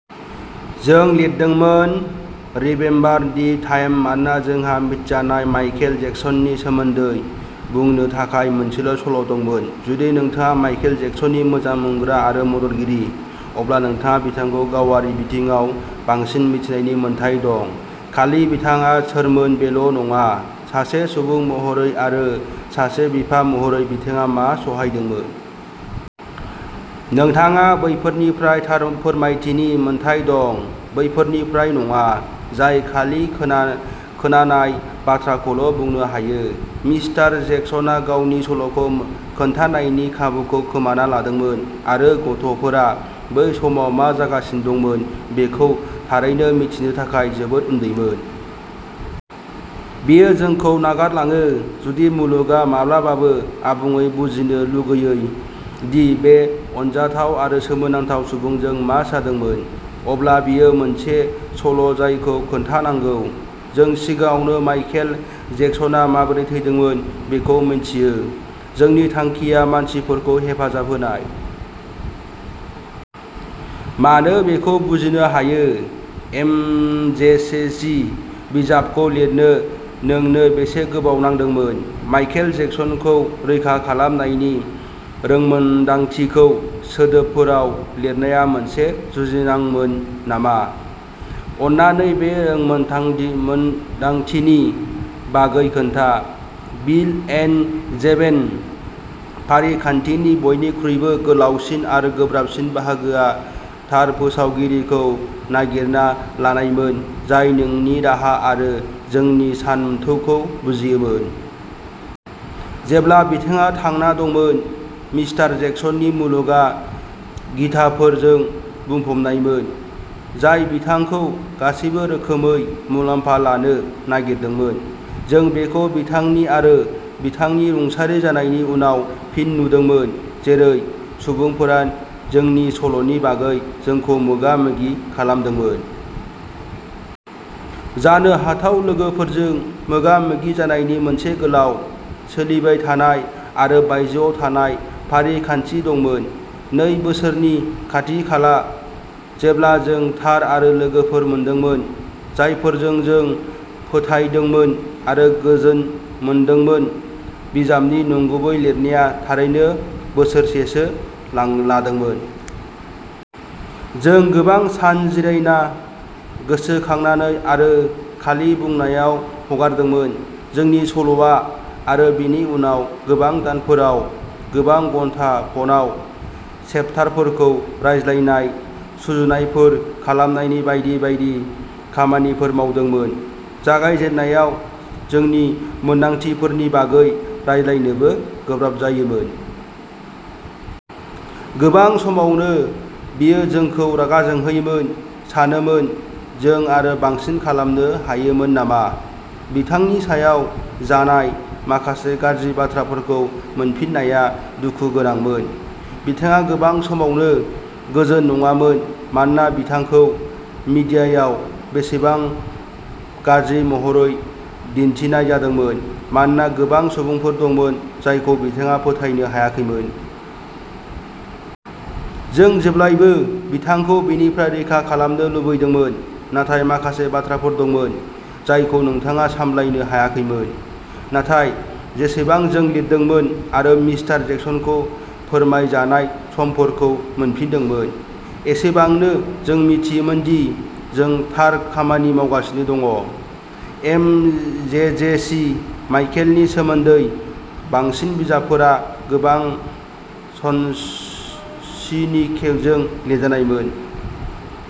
जों लिरदोंमोन remember the time मानोना जोंहा मिथिजानाय माइकेल जेक्सननि सोमोन्दै बुंनो थाखाय मोनसे सल' दंमोन। जुदि नोंथाङा माइकेल जेक्सननि मोजां मोनग्रा आरो मददगिरि, अब्ला नोंथाङा बिथांखौ गावारि बिथिङाव बांसिन मिथिनायनि मोन्थाइ दं, खालि बिथाङा सोरमोन बेल' नङा, सासे सुबुं महरै आरो सासे बिफा महरै बिथाङा मा सहायदोंमोन। नोंथाङा बैफोरनिफ्राय थार फोरमायथिनि मोन्थाइ दं, बैफोरनिफ्राय नङा, जाय खालि खोनानाय बाथ्राखौल' बुंनो हायो। मिस्टार जेक्सनआ गावनि सल'खौ खोन्थानायनि खाबुखौ खोमाना लादोंमोन आरो गथ'फोरा बै समाव मा जागासिनो दंमोन बेखौ थारैनो मिन्थिनो थाखाय जोबोद उन्दैमोन। बेयो जोंखौ नागारलाङो। जुदि मुलुगआ माब्लाबाबो आबुङै बुजिनो लुगैयो दि बे अनजाथाव आरो सोमोनांथाव सुबुंजों मा जादोंमोन, अब्ला बेयो मोनसे सल' जायखौ खोन्थानांगौ। जों सिगाङावनो माइखेल जेक्सनआ माबोरै थैदोंमोन बेखौ मिन्थियो। जोंनि थांखिया मानसिफोरखौ हेफाजाब होनाय। मानो बेखौ बुजिनो हायो। एमजेजेसि बिजाबखौ लिरनो नोंनो बेसे गोबाव नांदोंमोन? माइकेल जेक्सनखौ रैखा खालामनायनि रोंमोनदांथिखौ सोदोबफोराव लिरनाया मोनसे जुजिनांमोन नामा? अन्नानै बे रोंमोनदांथिनि बागै खोन्था। बिल एन्ड जेभन फारिखान्थिनि बयनिख्रुइबो गोलावसिन आरो गोब्राबसिन बाहागोआ थार फोसावगिरिखौ नागिरना लानायमोन जाय जोंनि राहा आरो जोंनि सानथौखौ बुजियोमोन। जेब्ला बिथाङा थांना दंमोन, मिस्टार जेक्सननि मुलुगआ गिधाफोरजों बुंफबनायमोन, जाय बिथांखौ गासैबो रोखोमै मुलाम्फा लानो नागिरदोंमोन। जों बेखौ बिथांनि आरो बिथांनि रुंसारि जानायनि उनाव फिन नुदोंमोन, जेरै सुबुंफोरा जोंनि सल'नि बागै जोंखौ मोगा-मोगि खालामदोंमोन। जानो हाथाव लोगोफोरजों मोगा-मोगि जानायनि मोनसे गोलाव, सोलिबाय थानाय आरो बायजोआव थानाय फारिखान्थि दंमोन, नै बोसोरनि खाथि-खाला। जेब्ला जों थार लोगोफोर मोनदोंमोन, जायफोरजों जों फोथायदोंमोन आरो गोजोन मोनदोंमोन, बिजाबनि नंगुबै लिरनाया थारैनो बोसोरसेसो लादोंमोन। जों गोबां सान जिरायना, गोसोखांनानै आरो खालि बुंनायाव हगारदोंमोन। जोंनि सल'आ, आरो बेनि उनाव गोबां दानफोराव, गोबां घन्टा फनआव चैप्टारफोरखौ रायज्लायनाय, सुजुनायफोर खालामनाय बायदि बायदि खामानिफोर मावदोंमोन। जागायजेननायाव जोंनि मोनदांथिफोरनि बागै रायज्लायनो गोब्राब जायोमोन। गोबां समावनो बेयो जोंखौ रागा जोंहोयोमोन, सानोमोन, "जों आरो बांसिन खालामनो हायोमोन नामा?" बिथांनि सायाव जानाय माखासे गाज्रि बाथ्राफोरखौ मोनफिननाया दुखु गोनांमोन। बिथाङा गोबां समावनो गोजोन नङामोन, मानोना बिथांखौ मिडियायाव बेसेबां गाज्रि महरै दिन्थिनाय जादोंमोन, मानोना गोबां सुबुंफोर दंमोन जायखौ बिथाङा फोथायनो हायाखैमोन। जों जेब्लाबो बिथांखौ बेनिफ्राय रैखा खालामनो लुबैदोंमोन, नाथाय माखासे बाथ्राफोर दंमोन जायखौ नोंथाङा सामलायनो हायाखैमोन। नाथाय जेसेबां जों लिरदोंमोन आरो मिस्टार जेक्सनजों फोरमायजानाय समफोरखौ मोनफिनदोंमोन, एसेबांनो जों मिथिदोंमोन दि जों थार खामानि मावगासिनो दं। एमजेजेसि माइकेलनि सोमोन्दै बांसिन बिजाबफोरा गोबां सनसनीखेजजों लिरजानायमोन ।